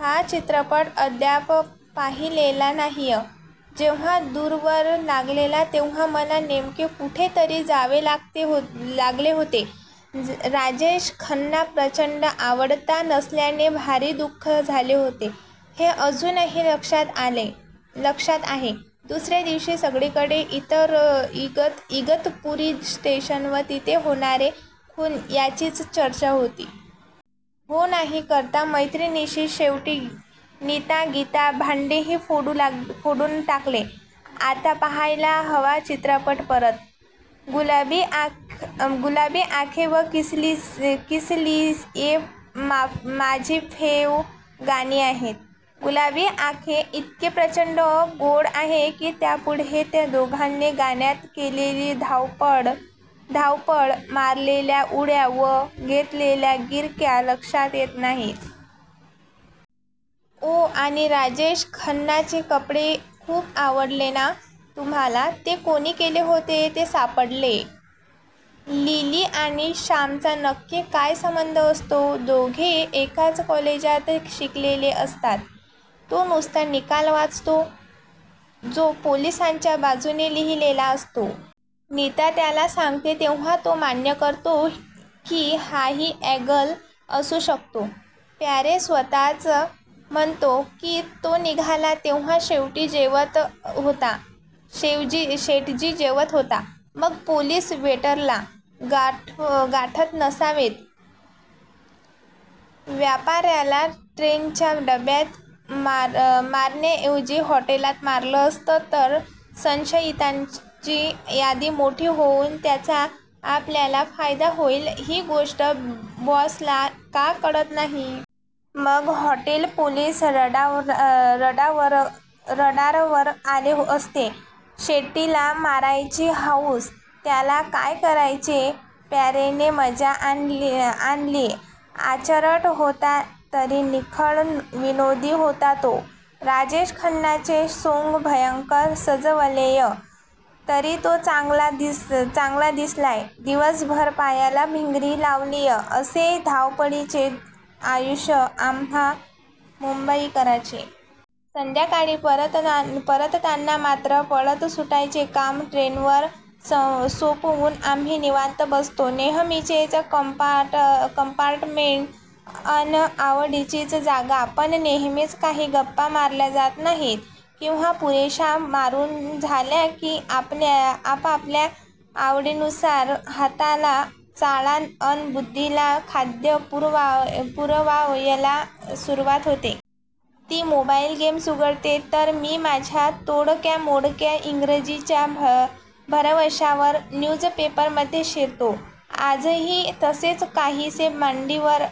हा चित्रपट अद्याप पाहिलेला नाहीय. जेव्हा दुदवर लागलेला तेव्हा मला नेमके कुठेतरी जावे लागले होते. राजेश खन्ना प्रचंड आवडता असल्याने भारी दुःख झाले होते हे अजूनही लक्षात आहे. दुसऱ्या दिवशी सगकीकडे इगतपुरी स्टेशन व तिथे होणारे खून यांचीच चर्चा होती. हो नाही करता मैत्रिणींनी शेवटी नीता गीता भांडेही फोडून टाकले. आता पाहायला हवा चित्रपट परत. गुलाबी अँखे व किसलीये माझी फेव गाणी आहेत. गुलाबी आंखे इतके प्रचंड गोड आहे की त्यापुढे त्या दोघांनी गाण्यात केलेली धावपळ, मारलेल्या उड्या व घेतलेल्या गिरक्या लक्षात येत नाहीत. ओ आणि राजेश खन्नाचे कपडे खुप आवडले ना तुम्हाला ते कोणी केले होते ते सापडले -लिली आणि श्यामचा नक्की काय संबंध असतो? "दोघे एकाच कॉलेजात शिकलेले असतात. तो नुसता निकाल वाचतो, जो पोलिसांच्या बाजूने लिहिलेला असतो. नीता त्याला सांगते तेव्हा तो मान्य करतो की हाही अँगल असु शकतो. प्यारे स्वतःच म्हणतो की तो निघाला तेव्हा शेटजी जेवत होता. मग पोलीस वेटरला गाठत नसावेत. व्यापार्याला ट्रेनच्या डब्यात मारण्याऐवजी हॉटेलात मारलं असतं तर संशयितांची यादी मोठी होऊन त्याचा आपल्याला फायदा होईल ही गोष्ट बॉसला का कळत नाही? मग हॉटेल पोलीस रडारवर आले असते. शेट्टी ला मारायची हौस, त्याला काय करायचे. प्यारेने मजा आणली. आचरट होता तरी निखळ विनोदी होता तो. राजेश खन्नाचे सोंग भयंकर सजवलेय. तरी तो चांगला दिसलाय. दिवसभर पायाला भिंगरी लावलीय, असे धावपळीचे आयुष्य आम्हा मुंबईकरांचे. संध्याकाळी परतताना मात्र पळत सुटायचे काम ट्रेनवर सोपवून आम्ही निवांत बसतो.. नेहमीचेच कंपार्टमेंट, अन आवडीचीच जागा, पण नेहमीच काही गप्पा मारल्या जात नाहीत किंवा पुरेश्या मारून झाल्या की आपापल्या आवडीनुसार हाताला चाळा अन बुद्धीला खाद्य पुरवायला सुरुवात होते. ती मोबाईल गेम्स उघडते, तर मी माझ्या तोडक्यामोडक्या ईंग्रजीच्या भरवश्यावर न्यूजपेपरमध्ये शिरतो. आजही तसेच काहीसे.. मांडीवर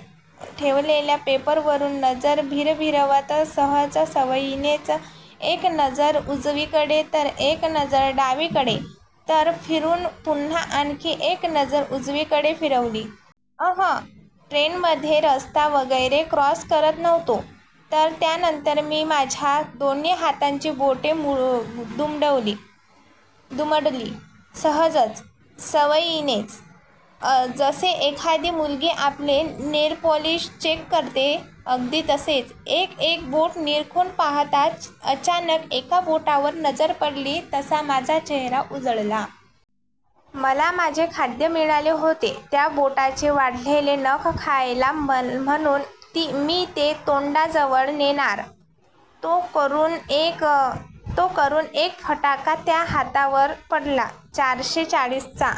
ठेवलेल्या पेपर वरून नजर भिरभिरवत सहज सवयीनेच एक नजर उजवीकडे तर एक नजर डावीकडे.. तर फिरून पुन्हा आणखी एक नजर उजवीकडे फिरवली.. अंह, ट्रेनमध्ये रस्ता वगैरे क्रॉस करत नव्हतो.. तर, त्यानंतर मी माझ्या दोन्ही हातांची बोटे दुमडली.. सहजच.. सवयीनेच.. जसे एखादी मुलगी आपले नेलपॉलिश चेक करते, अगदी तसेच.. एक एक बोट निरखून पाहता अचानक एका बोटावर नजर पडली तसा माझा चेहरा उजळला. मला माझे खाद्य मिळाले होते. त्या बोटाचे वाढलेले नख खायला म्हणून मी ते तोंडाजवळ नेणार, तो करून एक फटका त्या हातावर पडला.. चारशे चाळीसचा